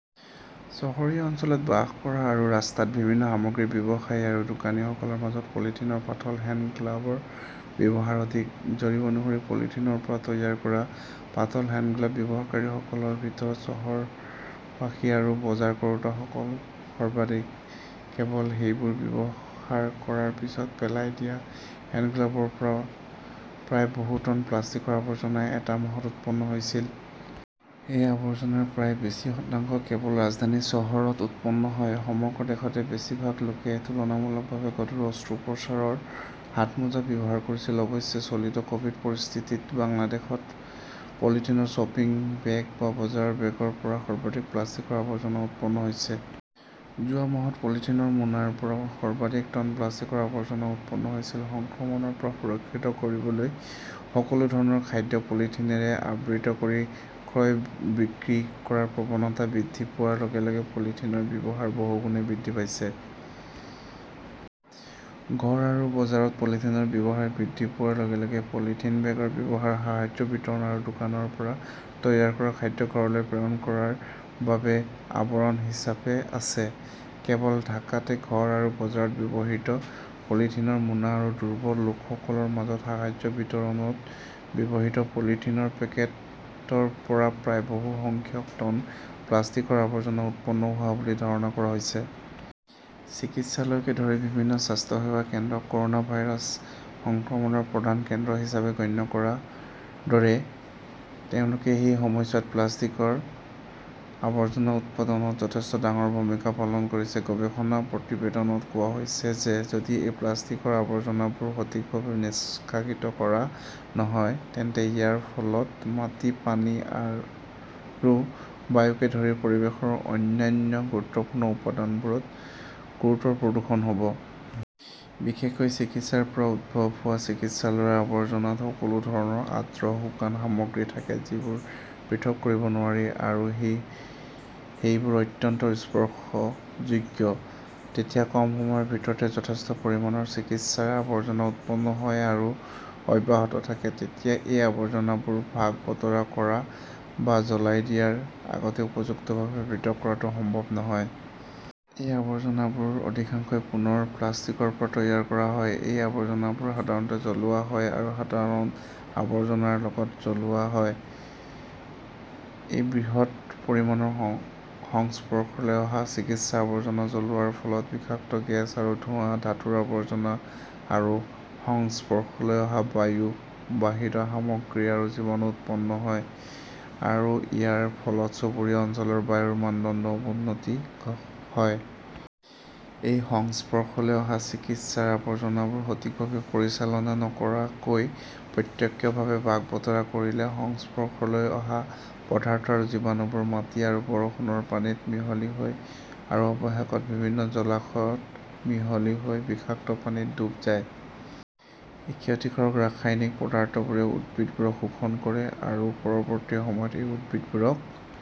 চহৰীয়া অঞ্চলত বাস কৰা আৰু ৰাস্তাত বিভিন্ন সামগ্ৰীৰ ব্যৱসায়ী আৰু দোকানীসকলৰ মাজত পলিথিনৰ পাতল হেণ্ডগ্লাভৰ ব্যৱহাৰ অধিক। জৰীপ অনুসৰি পলিথিনৰ পৰা তৈয়াৰ কৰা পাতল হেণ্ডগ্লাভ ব্যৱহাৰকাৰীসকলৰ ভিতৰত চহৰবাসী আৰু বজাৰ কৰোঁতাসকল সৰ্বাধিক। কেৱল সেইবোৰ ব্যৱহাৰ কৰাৰ পিছত পেলাই দিয়া হেণ্ডগ্লাভৰ পৰা প্ৰায় বহু টন প্লাষ্টিকৰ আৱৰ্জনা এটা মাহত উৎপন্ন হৈছিল। এই আৱৰ্জনাৰ প্ৰায় বেছি শতাংশ কেৱল ৰাজধানী চহৰত উৎপন্ন হয়। সমগ্ৰ দেশতে বেছি ভাগ লোকে তুলনামূলকভাৱে গধুৰ অস্ত্ৰোপচাৰৰ হাতমোজা ব্যৱহাৰ কৰিছিল। অৱশ্যে চলিত ক'ভিড পৰিস্থিতিত বাংলাদেশত পলিথিনৰ শ্বপিং বেগ বা বজাৰৰ বেগৰ পৰা সৰ্বাধিক প্লাষ্টিকৰ আৱৰ্জনা উৎপন্ন হৈছে। যোৱা মাহত পলিথিনৰ মোনাৰ পৰা সৰ্বাধিক টন প্লাষ্টিকৰ আৱৰ্জনা উৎপন্ন হৈছিল। সংক্ৰমণৰ পৰা সুৰক্ষিত কৰিবলৈ সকলো ধৰণৰ খাদ্য পলিথিনৰে আবৃত কৰি ক্ৰয় বিক্ৰী কৰাৰ প্ৰৱণতা বৃদ্ধি পোৱাৰ লগে লগে পলিথিনৰ ব্যৱহাৰ বহুগুণে বৃদ্ধি পাইছে। ঘৰ আৰু বজাৰত পলিথিনৰ ব্যৱহাৰ বৃদ্ধি পোৱাৰ লগতে পলিথিন বেগৰ ব্যৱহাৰ সাহায্য বিতৰণ আৰু দোকানৰ পৰা তৈয়াৰ কৰা খাদ্য ঘৰলৈ প্ৰেৰণ কৰাৰ বাবে আৱৰণ হিচাপে আছে। কেৱল ঢাকাতে ঘৰ আৰু বজাৰত ব্যৱহৃত পলিথিনৰ মোনা আৰু দুৰ্বল লোকসকলৰ মাজত সাহায্য বিতৰণত ব্যৱহৃত পলিথিনৰ পেকেটৰ পৰা প্ৰায় বহু সংখ্যক টন প্লাষ্টিকৰ আৱৰ্জনা উৎপন্ন হোৱা বুলি ধাৰণা কৰা হৈছে। চিকিৎসালয়কে ধৰি বিভিন্ন স্বাস্থ্যসেৱা কেন্দ্ৰক ক'ৰোনা ভাইৰাছ সংক্ৰমণৰ প্ৰধান কেন্দ্ৰ হিচাপে গণ্য কৰাৰ দৰে। তেওঁলোকেও এই সময়ছোৱাত প্লাষ্টিকৰ আৱৰ্জনা উৎপাদনত যথেষ্ট ডাঙৰ ভূমিকা পালন কৰিছে। গৱেষণা প্ৰতিবেদনত কোৱা হৈছে যে যদি এই প্লাষ্টিকৰ আৱৰ্জনাবোৰ সঠিকভাৱে নিষ্কাশিত কৰা নহয়, তেন্তে ইয়াৰ ফলত মাটি, পানী আৰু বায়ুকে ধৰি পৰিৱেশৰ অন্যান্য গুৰুত্বপূৰ্ণ উপাদানবোৰত গুৰুতৰ প্ৰদূষণ হ'ব। বিশেষকৈ চিকিৎসাৰ পৰা উদ্ভৱ হোৱা চিকিৎসালয়ৰ আৱৰ্জনাত সকলো ধৰণৰ আৰ্দ্ৰ শুকান সামগ্ৰী থাকে যিবোৰ পৃথক কৰিব নোৱাৰি, আৰু সেইবোৰ অত্যন্ত স্পৰ্শযোগ্য। যেতিয়া কম সময়ৰ ভিতৰত যথেষ্ট পৰিমাণৰ চিকিৎসাৰ আৱৰ্জনা উৎপন্ন হয় আৰু অব্যাহত থাকে, তেতিয়া সেই আৱৰ্জনাবোৰ ভাগ-বতৰা কৰা বা জ্বলাই দিয়াৰ আগতে উপযুক্তভাৱে পৃথক কৰাটো সম্ভৱ নহয়। এই আৱৰ্জনাবোৰৰ অধিকাংশই পুনৰ প্লাষ্টিকৰ পৰা তৈয়াৰ কৰা হয়। এই আৱৰ্জনাবোৰ সাধাৰণতে জ্বলোৱা হয় আৰু সাধাৰণ আৱৰ্জনাৰ লগতে জ্বলোৱা হয়। এই বৃহৎ পৰিমাণৰ সংস্পৰ্শলৈ অহা চিকিৎসাৰ আৱৰ্জনা জ্বলোৱাৰ ফলত বিষাক্ত গেছ আৰু ধোঁৱা, ধাতুৰ আৱৰ্জনা আৰু সংস্পৰ্শলৈ অহা বায়ুবাহিত সামগ্ৰী আৰু জীৱাণু উৎপন্ন হয়, আৰু ইয়াৰ ফলত চুবুৰীয়া অঞ্চলৰ বায়ুৰ মানদণ্ডৰ অৱনতি হয়। এই সংস্পৰ্শলৈ অহা চিকিৎসাৰ আৱৰ্জনাবোৰ সঠিকভাৱে পৰিচালনা নকৰাকৈ প্ৰত্যক্ষভাৱে ভাগ-বতৰা কৰিলে, সংস্পৰ্শলৈ অহা পদাৰ্থ আৰু জীৱাণুবোৰ মাটি আৰু বৰষুণৰ পানীত মিহলি হয় আৰু অৱশেষত বিভিন্ন জলাশয়ত মিহলি হয় বা বিষাক্ত পানীত ডুব যায়। এই ক্ষতিকাৰক ৰাসায়নিক পদাৰ্থবোৰে উদ্ভিদবোৰক শোষণ কৰে আৰু পৰৱৰ্তী সময়ত এই উদ্ভিদবোৰক